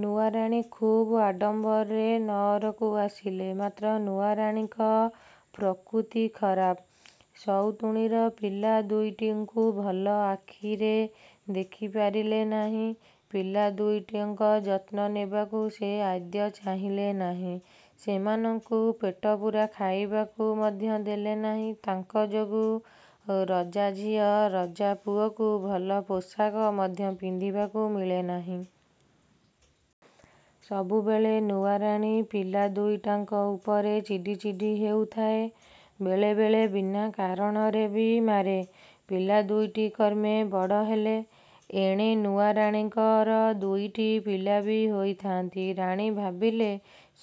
ନୂଆ ରାଣୀ ଖୁବ୍ ଆଡ଼ମ୍ବରରେ ନଅରକୁ ଆସିଲେ, ମାତ୍ର ନୂଆ ରାଣୀଙ୍କ ପ୍ରକୃତି ଖରାପ, ସଉତୁଣୀର ପିଲା ଦୁଇଟିଙ୍କୁ ଭଲ ଆଖିରେ ଦେଖିପାରିଲେ ନାହିଁ। ପିଲା ଦୁଇଟିଙ୍କ ଯତ୍ନ ନେବାକୁ ସେ ଆଦୌ ଚାହିଁଲେ ନାହିଁ। ସେମାନଙ୍କୁ ପେଟପୂରା ଖାଇବାକୁ ମଧ୍ୟ ଦେଲେ ନାହିଁ। ତାଙ୍କ ଯୋଗୁ ରଜାଝିଅ, ରଜାପୁଅକୁ ଭଲ ପୋଷାକ ମଧ୍ୟ ପିନ୍ଧିବାକୁ ମିଳେ ନାହିଁ। ସବୁବେଳେ ନୂଆରାଣୀ ପିଲା ଦୁଇଟାଙ୍କ ଉପରେ ଚିଡ଼ି ଚିଡ଼ି ହେଉଥାଏ, ବେଳେବେଳେ ବିନା କାରଣରେ ବି ମାରେ। ପିଲା ଦୁଇଟି କ୍ରମେ ବଡ଼ ହେଲେ। ଏଣେ ନୂଆ ରାଣୀଙ୍କର ଦୁଇଟି ପିଲା ବି ହୋଇଥାନ୍ତି। ରାଣୀ ଭାବିଲେ,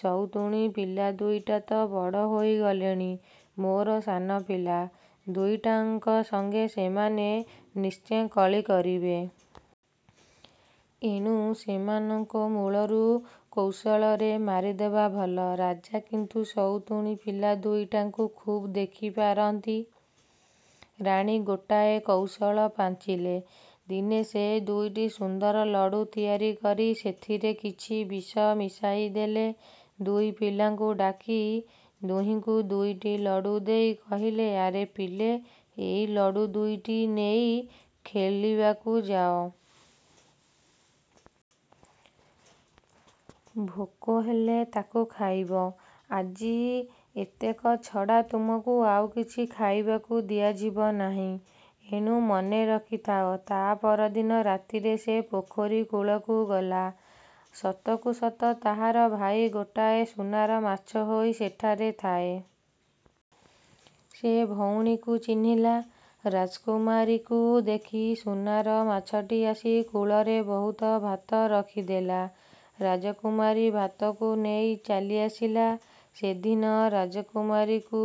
ସଉତୁଣୀ ପିଲା ଦୁଇଟା ତ ବଡ଼ ହୋଇଗଲେଣି, ମୋର ସାନ ପିଲା ଦୁଇଟାଙ୍କ ସଙ୍ଗେ ସେମାନେ ନିଶ୍ଚେ କଳି କରିବେ। ଏଣୁ ସେମାନଙ୍କୁ ମୂଳରୁ କୌଶଳରେ ମାରିଦେବା ଭଲ। ରାଜା କିନ୍ତୁ ସଉତୁଣୀ ପିଲା ଦୁଇଟାଙ୍କୁ ଖୁବ୍ ଦେଖିପାରନ୍ତି। ରାଣୀ ଗୋଟାଏ କୌଶଳ ପାଞ୍ଚିଲେ। ଦିନେ ସେ ଦୁଇଟି ସୁନ୍ଦର ଲଡ଼ୁ ତିଆରି କରି ସେଥିରେ କିଛି ବିଷ ମିଶାଇଦେଲେ। ଦୁଇ ପିଲାଙ୍କୁ ଡାକି ଦୁହିଁଙ୍କୁ ଦୁଇଟି ଲଡ଼ୁ ଦେଇ କହିଲେ, ଆରେ ପିଲେ, ଏଇ ଲଡ଼ୁ ଦୁଇଟି ନେଇ ଖେଳିବାକୁ ଯାଅ। ଭୋକ ହେଲେ ତାକୁ ଖାଇବ। ଆଜି ଏତକ ଛଡ଼ା ତୁମକୁ ଆଉ କିଛି ଖାଇବାକୁ ଦିଆଯିବ ନାହିଁ। ଏଣୁ ମନେ ରଖିଥାଅ। ତା ପର ଦିନ ରାତିରେ ସେ ପୋଖରୀ କୂଳକୁ ଗଲା। ସତକୁ ସତ ତାହାର ଭାଇ ଗୋଟିଏ ସୁନାର ମାଛ ହୋଇ ସେଠାରେ ଥାଏ। ସେ ଭଉଣୀକୁ ଚିହ୍ନିଲା। ରାଜକୁମାରୀକୁ ଦେଖି ସୁନାର ମାଛଟି ଆସି କୂଳରେ ବହୁତ ଭାତ ରଖିଦେଲା। ରାଜକୁମାରୀ ଭାତକୁ ନେଇ ଚାଲିଆସିଲା। ସେଦିନ ରାଜକୁମାରୀକୁ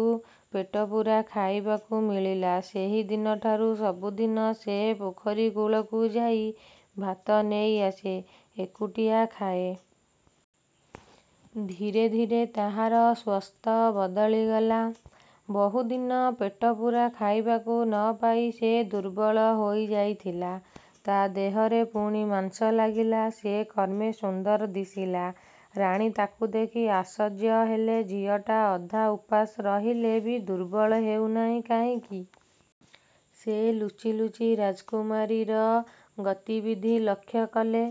ପେଟପୂରା ଖାଇବାକୁ ମିଳିଲା। ସେଇ ଦିନଠାରୁ ସବୁଦିନ ସେ ପୋଖରୀ କୂଳକୁ ଯାଇ ଭାତ ନେଇ ଆସେ। ଏକୁଟିଆ ଖାଏ। ଧୀରେ ଧୀରେ ତାହାର ସ୍ୱାସ୍ଥ୍ୟ ବଦଳିଗଲା। ବହୁ ଦିନ ପେଟପୂରା ଖାଇବାକୁ ନ ପାଇ ସେ ଦୁର୍ବଳ ହୋଇଯାଇଥିଲା। ତା ଦେହରେ ପୁଣି ମାଂସ ଲାଗିଲା। ସେ କ୍ରମେ ସୁନ୍ଦର ଦିଶିଲା। ରାଣୀ ତାକୁ ଦେଖି ଆଶ୍ଚର୍ଯ୍ୟ ହେଲେ। ଝିଅଟା ଅଧା ଉପାସ ରହିଲେ ବି ଦୁର୍ବଳ ହେଉନାହିଁ କାହିଁକି? ସେ ଲୁଚି ଲୁଚି ରାଜକୁମାରୀର ଗତିବିଧି ଲକ୍ଷ୍ୟ କଲେ।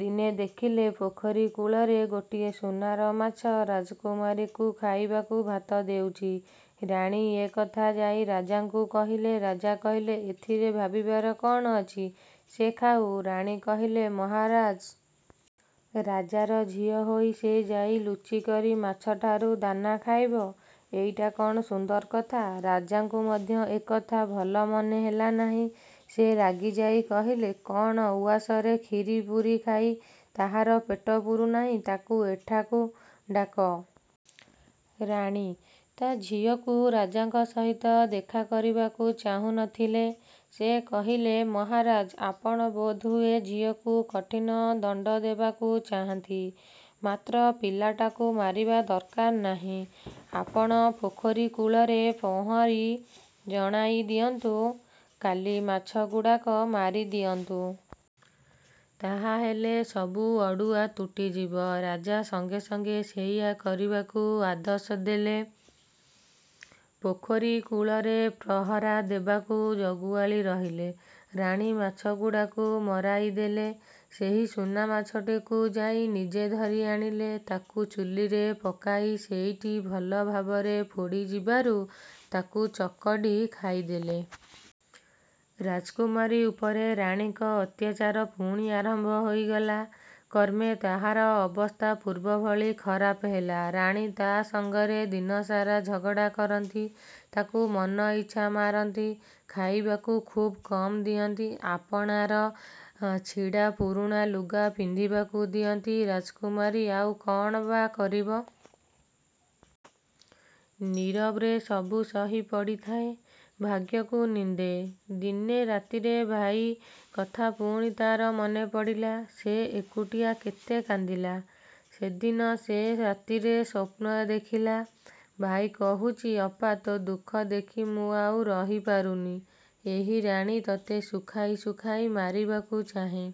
ଦିନେ ଦେଖିଲେ, ପୋଖରୀ କୂଳରେ ଗୋଟିଏ ସୁନାର ମାଛ ରାଜକୁମାରୀକୁ ଖାଇବାକୁ ଭାତ ଦେଉଛି। ରାଣୀ ଏ କଥା ଯାଇ ରାଜାଙ୍କୁ କହିଲେ। ରାଜା କହିଲେ, ଏଥିରେ ଭାବିବାର କ'ଣ ଅଛି? ସେ ଖାଉ। ରାଣୀ କହିଲେ, ମହାରାଜ! ରାଜାର ଝିଅ ହୋଇ ସେ ଯାଇ ଲୁଚିକରି ମାଛଠାରୁ ଦାନା ଖାଇବ? ଏଇଟା କ'ଣ ସୁନ୍ଦର କଥା? ରାଜାଙ୍କୁ ମଧ୍ୟ ଏ କଥା ଭଲ ମନେହେଲା ନାହିଁ। ସେ ରାଗିଯାଇ କହିଲେ, କ'ଣ ଉଆସରେ କ୍ଷୀରି ପୁରୀ ଖାଇ ତାହାର ପେଟ ପୂରୁନାହିଁ? ତାକୁ ଏଠାକୁ ଡାକ। ରାଣୀ ତ ଝିଅକୁ ରାଜାଙ୍କ ସହିତ ଦେଖା କରିବାକୁ ଚାହୁଁ ନ ଥିଲେ। ସେ କହିଲେ, ମହାରାଜ! ଆପଣ ବୋଧହୁଏ ଝିଅକୁ କଠିନ ଦଣ୍ଡ ଦେବାକୁ ଚାହାନ୍ତି, ମାତ୍ର ପିଲାଟାକୁ ମାରିବା ଦରକାର ନାହିଁ। ଆପଣ ପୋଖରୀ କୂଳରେ ପ୍ରହରୀ ଜଣାଇ ଦିଅନ୍ତୁ। କାଲି ମାଛଗୁଡ଼ାକ ମାରିଦିଅନ୍ତୁ। ତାହା ହେଲେ ସବୁ ଅଡ଼ୁଆ ତୁଟିଯିବ। ରାଜା ସଙ୍ଗେ ସଙ୍ଗେ ସେଇଆ କରିବାକୁ ଆଦେଶ ଦେଲେ। ପୋଖରୀ କୂଳରେ ପ୍ରହରା ଦେବାକୁ ଜଗୁଆଳି ରହିଲେ। ରାଣୀ ମାଛଗୁଡ଼ାକୁ ମରାଇଦେଲେ। ସେହି ସୁନା ମାଛଟିକୁ ଯାଇ ନିଜେ ଧରି ଆଣିଲେ। ତାକୁ ଚୁଲିରେ ପକାଇ ସେଇଟି ଭଲ ଭାବରେ ପୋଡ଼ିଯିବାରୁ ତାକୁ ଚକଟି ଖାଇଦେଲେ। ରାଜକୁମାରୀ ଉପରେ ରାଣୀଙ୍କ ଅତ୍ୟାଚାର ପୁଣି ଆରମ୍ଭ ହୋଇଗଲା। କ୍ରମେ ତାହାର ଅବସ୍ଥା ପୂର୍ବଭଳି ଖରାପ ହେଲା। ରାଣୀ ତା ସଙ୍ଗରେ ଦିନସାରା ଝଗଡ଼ା କରନ୍ତି। ତାକୁ ମନଇଚ୍ଛା ମାରନ୍ତି। ଖାଇବାକୁ ଖୁବ୍ କମ୍ ଦିଅନ୍ତି। ଆପଣାର ଛିଣ୍ଡା ପୁରୁଣା ଲୁଗା ପିନ୍ଧିବାକୁ ଦିଅନ୍ତି। ରାଜକୁମାରୀ ଆଉ କ'ଣ ବା କରିବ? ନୀରବରେ ସବୁ ସହି ପଡ଼ିଥାଏ। ଭାଗ୍ୟକୁ ନିନ୍ଦେ। ଦିନେ ରାତିରେ ଭାଇ କଥା ପୁଣି ତାହାର ମନେପଡ଼ିଲା। ସେ ଏକୁଟିଆ କେତେ କାନ୍ଦିଲା। ସେଦିନ ସେ ରାତିରେ ସ୍ୱପ୍ନ ଦେଖିଲା। ଭାଇ କହୁଛି, ଅପା, ତୋ ଦୁଃଖ ଦେଖି ମୁଁ ଆଉ ରହିପାରୁନି। ଏହି ରାଣୀ ତୋତେ ଶୁଖାଇ ଶୁଖାଇ ମାରିବାକୁ ଚାହେଁ।